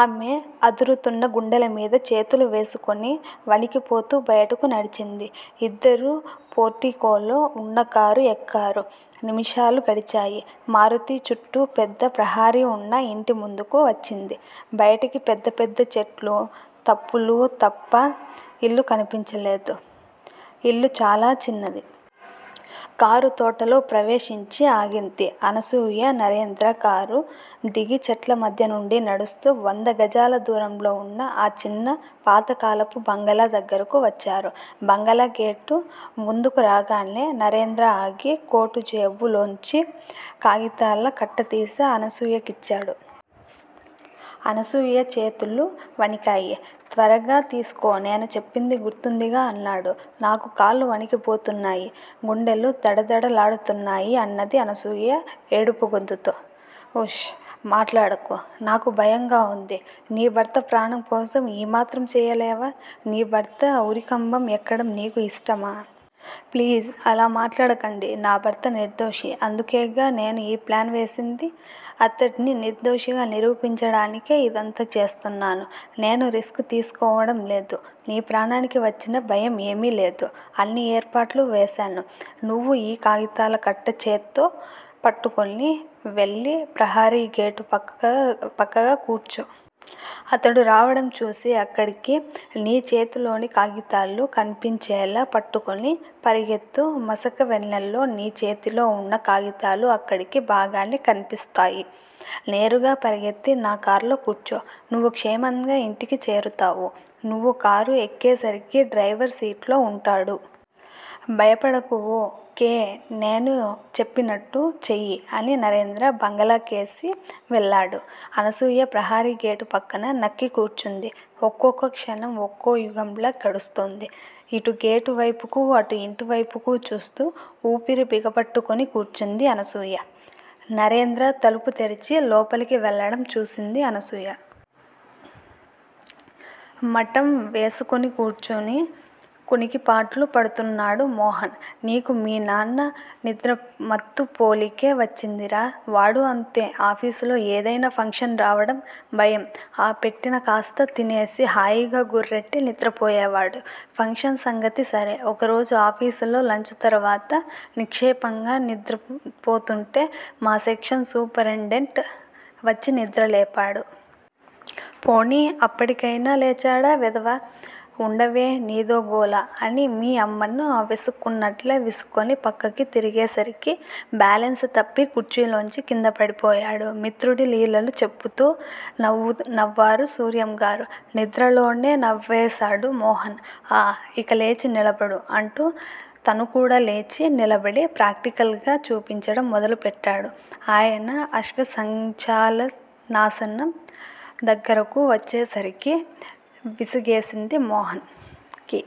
ఆమె అదురుతున్న గుండెలమీద చేతులు వేసుకొని వణికిపోతూ బయటికి నడిచింది. ఇద్దరూ పోర్టికోలో ఉన్నకారు ఎక్కారు. నిముషాలు గడిచాయి. మారుతి చుట్టూ పెద్ద ప్రహరీ ఉన్న ఇంటి ముందుకు వచ్చింది బయటికి పెద్ద పెద్ద చెట్లూ, తప్పులూ తప్ప ఇల్లు కన్పించదు. ఇల్లు చాలా చిన్నది. కారు తోటలో ప్రవేశించి ఆగింది. అనసూయ- నరేంద్రకారు దిగి చెట్ల మధ్య నుంచి నడుస్తూ వంద గజాల దూరంలో ఉన్న ఆ చిన్న పాతకాలపు బంగళా దగ్గరకు వచ్చారు. బంగళా గేటు ముందుకు రాగానే నరేంద్ర ఆగి కోటు జేబు లోంచి కాగితాల కట్టతీసి అనసూయ కిచ్చాడు. అనసూయ చేతులు వణికాయి. త్వరగా తీసుకో, నేను చెప్పింది గుర్తుందిగా? అన్నాడు. నాకు కాళ్ళు వణికిపోతున్నాయి. గుండెలు దడదడలాడుతున్నాయి అన్నది అనసూయ ఏడుపుగొంతుతో. ఉష్! మాట్లాడకు. నాకు భయంగా ఉంది. నీ భర్త ప్రాణం కోసం ఈ మాత్రం చెయ్యలేవా? నీ భర్త ఉరికంబం ఎక్కడం నీకు ఇష్టమా? ప్లీజ్ అలా మాట్లాడకండి. నా భర్త నిర్దోషి. అందుకేగా నేను ఈ ప్లాను వేసింది. అతడ్ని నిర్దోషిగా నిరూపించడానికే ఇదంతా చేస్తున్నాను. నేను రిస్క్ తీసుకోవడంలేదూ? నీ ప్రాణానికి వచ్చిన భయం ఏమీలేదు. అన్ని ఏర్పాట్లూ వేశాను. నువ్వు ఈ కాగితాల కట్ట చెత్తో పట్టుకొని వెళ్ళి ప్రహరీగేటు పక్కగా కూర్చో. అతడు రావడం చూసి అతడికి నీ చేతిలోని కాగితాలు కన్పించేళా పట్టుకొని పరిగెత్తు మసక వెన్నెల్లో నీ చేతిలో ఉన్న కాగితాలు అతడికి బాగానే కన్పిస్తాయి. నేరుగా పరిగెత్తి నా కార్లో కూర్చో. నువ్వు క్షేమంగా ఇంటికి చేరతావు. నువ్వు కారు ఎక్కేసరికి డ్రైవర్ సీట్లో ఉంటాడు. భయపడకు ఓ. కే! నేను చెప్పినట్టు చెయ్యి అని నరేంద్ర బంగళా కేసి వెళ్ళాడు. అనసూయ ప్రహరీ గేటు పక్కన నక్కి కూర్చుంది. ఒక్కొక్క క్షణం ఒక్కో యుగంలా గడుస్తోంది. ఇటు గేటు వైపుకూ అటు ఇంటివైపుకూ చూస్తూ, ఊపిరి బిగబట్టుకుని కూర్చుంది అనసూయ. నరేంద్ర తలుపు తెరిచి లోపలకు వెళ్ళడం చూసింది అనసూయ. మఠం వేసుకుని కూర్చుని కునికిపాట్లు పడుతున్నాడు మోహన్. నీకూ మీ నాన్న నిద్రమత్తు పోలికే వచ్చిందిరా! వాడూ అంతే. ఆఫీసులో ఏదయినా ఫంక్షన్ రావడం భయం ఆ పెట్టిన కాస్తా తినేసి హాయిగా గుర్రెట్టి నిద్రపోయేవాడు. ఫంక్షన్ సంగతి సరే ఓరోజు ఆఫీసులో లంచ్ తరువాత నిక్షేపంగా నిద్రపోతుంటే మా సెక్షన్ సూపరెంటెండెంట్ వచ్చినిద్రలేపాడు. పోనీ అప్పటికయినా లేచాడా వెధవ! ఉండవే నీదో గోల! అని మీ అమ్మను విసుక్కున్నట్లే విసుక్కుని పక్కకి తిరిగేసరికి బాలెన్స్ తప్పి కుర్చీలోంచి కిందపడిపోయాడు మిత్రుడి లీలలు చెప్పుతూ నవ్వారు సూర్యంగారు. నిద్రలోనే నవ్వేసాడు మోహన్. ఆ! ఇక లేచి నిలబడు! అంటూ తనుకూడా లేచి నిలబడి ప్రాక్టికల్ గా చూపించటం మొదలు పెట్టాడు ఆయన అశ్వసంచాలనాసనం దగ్గరకు వచ్చేసరికే విసుగేసింది మోహన్ కి.